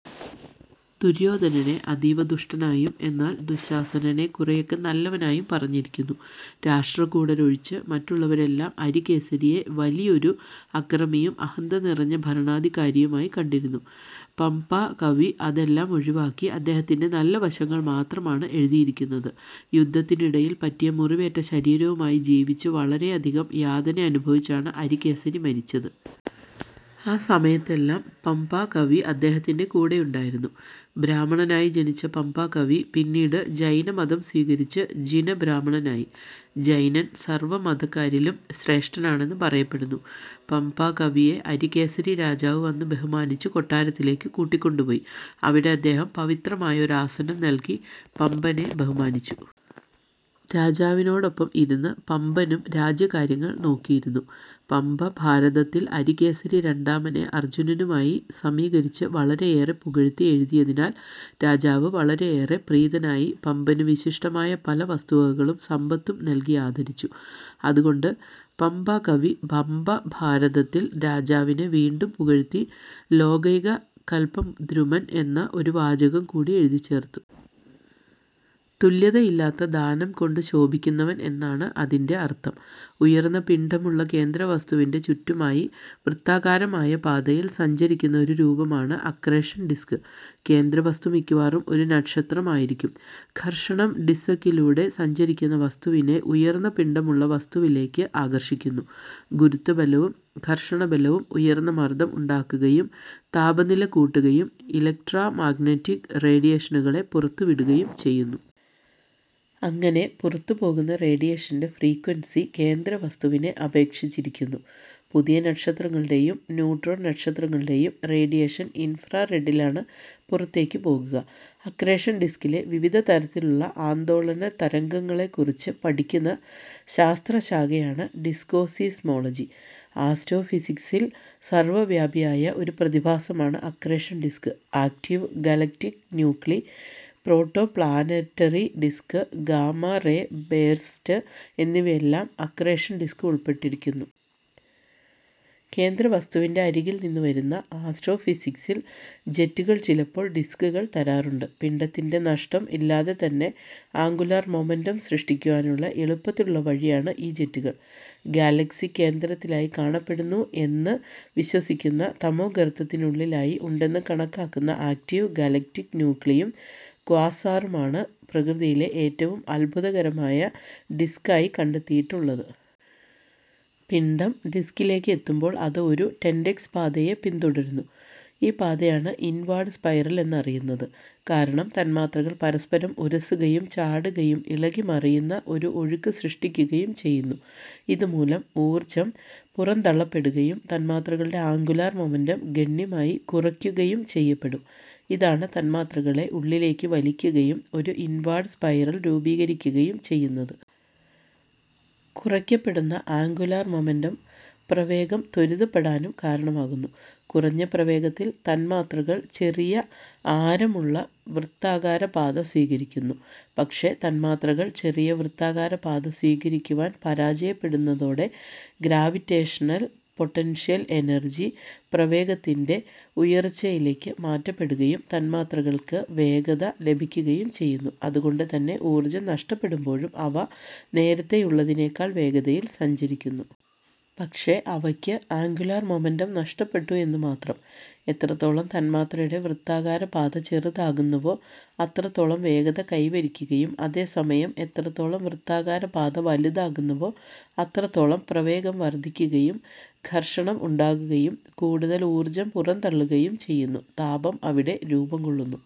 ദുര്യോധനനെ അതീവ ദുഷ്ടനായും, എന്നാൽ ദുശ്ശാസ്സനനെ കുറെയൊക്കെ നല്ലവനായും പറഞ്ഞിരിക്കുന്നു. രാഷ്ട്രകൂടരൊഴിച്ച് മറ്റുള്ളവരെല്ലാം അരികേസരിയെ വലിയൊരു അക്രമിയും, അഹന്ത നിറഞ്ഞ ഭരണാധികാരിയുമായി കണ്ടിരുന്നു. പംപാകവി അതെല്ലാം ഒഴിവാക്കി അദ്ദേഹത്തിൻറെ നല്ലവശങ്ങൾ മാത്രമാണ് എഴുതിയിരിക്കുന്നത്. യുദ്ധത്തിനിടയിൽ പറ്റിയ മുറിവേറ്റ ശരീരവുമായി ജീവിച്ചു വളരെയധികം യാതനയനുഭവിച്ചാണ് അരികേസരി മരിച്ചത്. ആ സമയത്തെല്ലാം പംപാകവി അദ്ദേഹത്തിൻറെ കൂടെയുണ്ടായിരുന്നു. ബ്രാഹ്മണനായി ജനിച്ച പംപാകവി പിന്നീട് ജൈന മതം സ്വീകരിച്ച് ജിനബ്രാഹ്മണനായി. ജൈനൻ സർവ്വ മതക്കാരിലും ശ്രേഷ്ഠനാണെന്നു പറയപ്പെടുന്നു. പംപാകവിയെ അരികേസരി രാജാവ് വന്നു ബഹുമാനിച്ചു കൊട്ടാരത്തിലേക്കു കൂട്ടിക്കൊണ്ടു പോയി. അവിടെ അദ്ദേഹം പവിത്രമായ ഒരു ആസനം നൽകി പമ്പനെ ബഹുമാനിച്ചു. രാജാവിനോടൊപ്പം ഇരുന്നു പംപനും രാജ്യകാര്യങ്ങൾ നോക്കിയിരുന്നു. പംപഭാരതത്തിൽ അരികേസരി രണ്ടാമനെ അർജ്ജുനനുമായി സമീകരിച്ചു വളരെയേറെ പുകഴ്ത്തി എഴുതിയതിനാൽ രാജാവ് വളരെയേറെ പ്രീതനായി പമ്പനു വിശിഷ്ടമായ പല വസ്തുവകകളും സമ്പത്തും നൽകിയാദരിച്ചു. അതുകൊണ്ടു പംപാകവി പംപഭാരതത്തിൽ രാജാവിനെ വീണ്ടും പുകഴ്ത്തി ലോകൈക കല്പദ്രുമൻ എന്ന ഒരു വാചകം കൂടി എഴുതിച്ചേർത്തു. തുല്യതയില്ലാത്ത ദാനം കൊണ്ട് ശോഭിക്കുന്നവൻ എന്നാണു അതിന്റെ അർത്ഥം. ഉയർന്ന പിണ്ഡമുള്ള കേന്ദ്രവസ്തുവിന്റെ ചുറ്റുമായി വൃത്താകാരമായ പാതയിൽ സഞ്ചരിക്കുന്ന ഒരു രൂപമാണ് അക്രേഷൻ ഡിസ്ക്. കേന്ദ്രവസ്തു മിക്കവാറും ഒരു നക്ഷത്രമായിരിക്കും. ഘർഷണം ഡിസ്സകിലൂടെ സഞ്ചരിക്കുന്ന വസ്തുവിനെ ഉയർന്ന പിണ്ഡമുള്ള വസ്തുവിലേക്ക് ആകർഷിക്കുന്നു. ഗുരുത്വബലവും, ഘർഷണ ബലവും ഉയർന്ന മർദ്ദം ഉണ്ടാക്കുകയും, താപനില കൂട്ടുകയും, ഇലക്ട്രോ മാഗനറ്റിക് റേഡിയേഷനുകളെ പുറത്ത് വിടുകയും ചെയ്യുന്നു. അങ്ങനെ പുറത്ത് പോകുന്ന റേഡിയേഷന്റെ ഫ്രീക്വെൻസി കേന്ദ്ര വസ്തുവിനെ അപേക്ഷിച്ചിരിക്കുന്നു. പുതിയ നക്ഷത്രങ്ങളുടേയും, ന്യൂട്രോൺ നക്ഷത്രങ്ങളുടേയും, റേഡിയേഷൻ ഇൻഫ്രാറെഡിലാണ് പുറത്തേക്ക് പോകുക; അക്രേഷൻ ഡിസ്കിലെ വിവിധതരത്തിലുള്ള ആന്തോലന തരംഗങ്ങളെകുറിച്ച് പഠിക്കുന്ന ശാസ്ത്രശാഖയാണ് ഡിസ്ക്കോസീസ്മോളജി. ആസ്റ്റോഫിസിക്ക്സിൽ സർവ്വവ്യാപിയായ ഒരു പ്രതിഭാസമാണ് accretion disc; active galactic nuclei, protoplanetary disc, gamma ray burst എന്നിവയിലെല്ലാം അക്രേഷൻ ഡിസ്ക് ഉപൾപ്പെട്ടിരിക്കുന്നു. കേന്ദ്രവസ്തുവിന്റെ അരികിൽ നിന്ന് വരുന്ന ആസ്റ്റ്രോഫിസിക്കൽ ജെറ്റുകൾ ചിലപ്പോൾ ഡിസ്ക്കുകൾ തരാറുണ്ട്. പിണ്ഡത്തിന്റെ നഷ്ടം ഇല്ലാതെതന്നെ ആങ്കുലാർ മൊമന്റം സൃഷ്ടിക്കുവാനുള്ള എളുപ്പത്തിലുള്ള വഴിയാണ് ഈ ജെറ്റുകൾ. ഗാലക്സിക്ക് കേന്ദ്രത്തിലായി കാണപ്പെടുന്നു എന്ന് വിശ്വസിക്കുന്ന തമോഗർത്തത്തിനുള്ളിലായിഉണ്ടെന്ന് കണക്കാക്കുന്ന ആക്റ്റീവ് ഗലക്റ്റിക് നൂക്ലിയും, ക്വാസാറുമാണ് പ്രകൃതിയിലെ ഏറ്റവും അത്ഭുതകരമായ ഡിസ്കായി കണ്ടെത്തിയിട്ടിള്ളത്. പിണ്ഡം ഡിസ്കിലേക്ക് എത്തുമ്പോൾ അത് ഒരു ടെന്റക്സ് പാതയെ പിൻതുടരുന്നു, ഈ പാതയാണ് ഇൻവാർഡ് സ്പൈറൽ എന്നറിയുന്നത്. കാരണം തന്മാത്രകൾ പരസ്പരം ഉരസുകയും, ചാടുകയും ഇളകിമറിയുന്ന ഒരു ഒഴുക്ക് സൃഷ്ടിക്കുകയും, ചെയ്യുന്നു, ഇതുമൂലം ഊർജ്ജം പുറന്തള്ളപ്പെടുകയും, തന്മാത്രകളുടെ ആങ്കുലാർ മൊമന്റം ഗണ്യമായി കുറക്കുകയും ചെയ്യപ്പെടും, ഇതാണ് തന്മാത്രകളെ ഉള്ളിലേക്ക് വലിക്കുകയും, ഒരു ഇൻവാർഡ് സ്പൈരൽ രൂപീകരിക്കുകയും ചെയ്യുന്നത്. കുറയ്ക്കപ്പെടുന്ന ആങ്കുലാർ മൊമന്റം പ്രവേഗം ത്വരിതപ്പെടാനും കാരണമാകുന്നു. കുറഞ്ഞ പ്രവേഗത്തിൽ തന്മാത്രകൾ ചെറിയ ആരമുള്ള വൃത്താകാരപാത സ്വീകരിക്കുന്നു. പക്ഷെ തന്മാത്രകൾ ചെറിയ വൃത്താകാര പാത സ്വീകരിക്കുവാൻ പരാജയപ്പെടുന്നതോടെ ഗ്രാവിറ്റേഷ്ണൽ പൊട്ടൻഷ്യൽ എനർജി പ്രവേഗത്തിന്റെ ഉയർച്ചയിലേക്ക് മാറ്റപ്പെടുകയും തന്മാത്രകൾക്ക് വേഗത ലഭിക്കുകയു ചെയ്യുന്നു. അതുകൊണ്ടുതന്നെ ഊർജ്ജം നഷ്ടപ്പെടുമ്പോഴും അവ നേരത്തേയുള്ളതിനേക്കാൾ വേഗതയിൽ സഞ്ചരിക്കുന്നു. പക്ഷെ അവയ്ക്ക് ആങ്കുലാർ മൊമന്റം നഷ്ടപ്പെട്ടു എന്ന് മാത്രം. എത്രത്തോളം തന്മാത്രയുടെ വൃത്താകാര പാത ചെറുതാകുന്നുവോ അത്രത്തോളം വേഗത കൈവരിക്കുകയും, അതേ സമയം എത്രത്തോളം വൃത്താകാര പാത വലുതാകുന്നുവോ അത്രത്തോളം പ്രവേഗം വർദ്ധിക്കുകയും, ഘർഷണം ഉണ്ടാകുകയും, കൂടുതൽ ഊർജ്ജം പുറംതള്ളുകയും ചെയ്യുന്നു. താപം അവിടെ രൂപംകൊള്ളുന്നു.